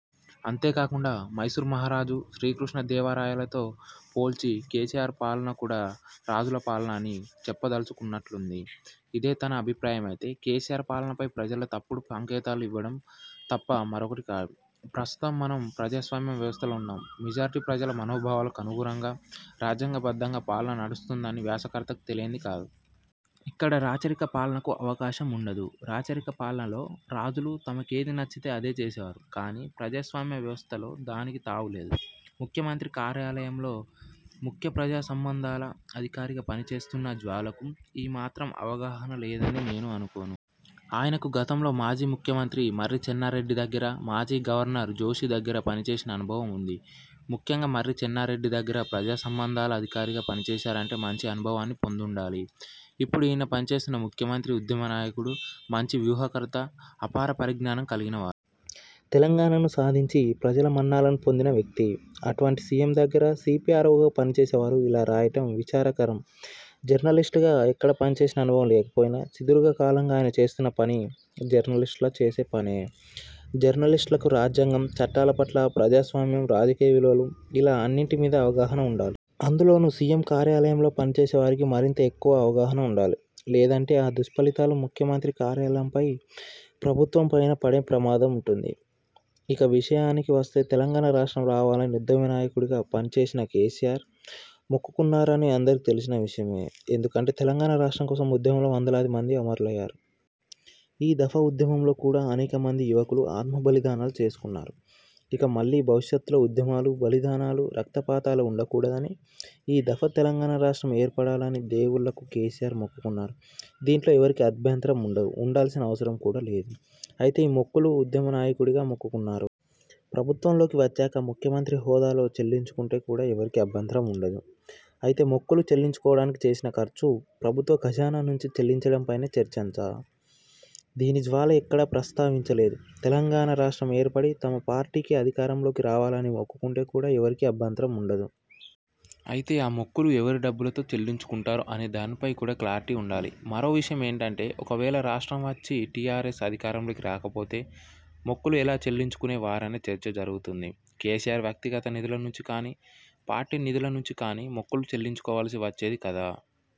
అంతే కాకుండా మైసూర్ మహారాజు, శ్రీకృష్ణ దేవరాయలతో పోల్చి కేసీఆర్ పాలన కూడా రాజుల పాలన అని చెప్పదలుచుకున్నట్లుంది. ఇదే తన అభిప్రాయమైతే కేసీఆర్ పాలనపై ప్రజలకు తప్పుడు సంకేతాలు ఇవ్వడం తప్ప మరొకటి కాదు. ప్రస్తుతం మనం ప్రజాస్వామ్య వ్యవస్థలో ఉన్నాం. మెజార్టీ ప్రజల మనోభావాలకు అనుగుణంగా రాజ్యాంగబద్ధంగా పాలన నడుస్తుందని వ్యాసకర్తకు తెలియంది కాదు. ఇక్కడ రాచరిక పాలనకు అవకాశం ఉండదు. రాచరిక పాలనలో రాజులు తమకేది నచ్చితే అదే చేసేవారు. కానీ ప్రజాస్వామ్య వ్యవస్థలో దానికి తావు లేదు. ముఖ్యమంత్రి కార్యాలయంలో ముఖ్య ప్రజా సంబంధాల అధికారిగా పని చేస్తున్న జ్వాలాకు ఈ మాత్రం అవగాహన లేదని నేను అనుకోను. ఆయనకు గతంలో మాజీ ముఖ్యమంత్రి మర్రి చెన్నారెడ్డి దగ్గర, మాజీ గవర్నర్ జోషి దగ్గర పని చేసిన అనుభవం ఉంది. ముఖ్యంగా మర్రి చెన్నారెడ్డి దగ్గర ప్రజాసంబంధాల అధికారిగా పనిచేశారంటే మంచి అనుభవాన్ని పొందుండాలి. ఇప్పుడు ఈయన పనిచేస్తున్న ముఖ్యమంత్రి ఉద్యమ నాయకుడు, మంచి వ్యూహకర్త, అపార పరిజ్ఞానం కలిగినవారు. తెలంగాణను సాధించి ప్రజల మన్ననలను పొందిన వ్యక్తి. అటువంటి సీఎం దగ్గర సీపీఆర్వోగా పనిచేసే వారు ఇలా రాయటం విచారకరం. జర్నలిస్టుగా ఎక్కడా పనిచేసిన అనుభవం లేకపోయినా, సుదీర్ఘకాలంగా ఆయన చేస్తున్న పని జర్నలిస్టులు చేసే పనే. జర్నలిస్టులకు రాజ్యాంగం, చట్టాల పట్లా, ప్రజాస్వామ్యం, రాజకీయ విలువలు ఇలా అన్నింటి మీద అవగాహన ఉండాలి. అందులోనూ సీఎం కార్యాలయంలో పనిచేసే వారికి మరింత ఎక్కువ అవగాహన ఉండాలి. లేదంటే ఆ దుష్ఫలితాలు ముఖ్యమంత్రి కార్యాలయంపైనా, ప్రభుత్వంపైనా పడే ప్రమాదముంటుంది. ఇక విషయానికి వస్తే తెలంగాణ రాష్ట్రం రావాలని ఉద్యమ నాయకు డిగా కేసీఆర్ మొక్కుకున్నారని అందరికీ తెలిసిన విషయమే. ఎందుకంటే తెలంగాణ రాష్ట్రం కోసం ఉద్యమంలో వందలాది మంది అమరులయ్యారు. ఈ దఫా ఉద్యమంలో కూడా అనేక మంది యువకులు ఆత్మబలిదానాలు చేసుకున్నారు. ఇక మళ్లీ భవిష్యత్తులో ఉద్యమాలు, బలిదానాలు, రక్తపాతాలు ఉండకూడదని ఈ ధఫా తెలంగాణ రాష్ట్రం ఏర్పడాలని దేవుళ్లకు కేసీఆర్ మొక్కుకున్నారు. దీంట్లో ఎవరికీ అభ్యంతరం ఉండదూ, ఉండాల్సిన అవసరం కూడా లేదు. అయితే ఈ మొక్కులు ఉద్యమ నాయకుడిగా మొక్కుకున్నారు. ప్రభుత్వంలోకి వచ్చాక ముఖ్యమంత్రి హోదాలో చెల్లించుకుంటే కూడా ఎవరికీ అభ్యంతరం ఉండదు. అయితే మొక్కులు చెల్లించుకోవడానికి చేసిన ఖర్చు ప్రభుత్వ ఖజానా నుంచి చెల్లించడంపైనే చర్చంతా. దీన్ని జ్వాలా ఎక్కడా ప్రస్తావించలేదు. తెలంగాణ రాష్ట్రం ఏర్పడి తమ పార్టీ అధికారంలోకి రావాలని మొక్కుకుంటే కూడా ఎవరికీ అభ్యంతరం ఉండదు. అయితే ఆ మొక్కులు ఎవరి డబ్బులతో చెల్లించుకుంటారు అనే దానిపై కూడా క్లారిటీ ఉండాలి. మరో విషయం ఏంటంటే, ఒకవేళ రాష్ట్రం వచ్చి టీఆర్ఎస్ అధికారంలోకి రాకపోతే మొక్కులు ఎలా చెల్లించుకునే వారనే చర్చ జరుగుతుంది. కేసీఆర్ వ్యక్తిగత నిధుల నుంచి కానీ, పార్టీ నిధుల నుంచి కానీ మొక్కులు చెల్లించుకోవాల్సి వచ్చేది కదా?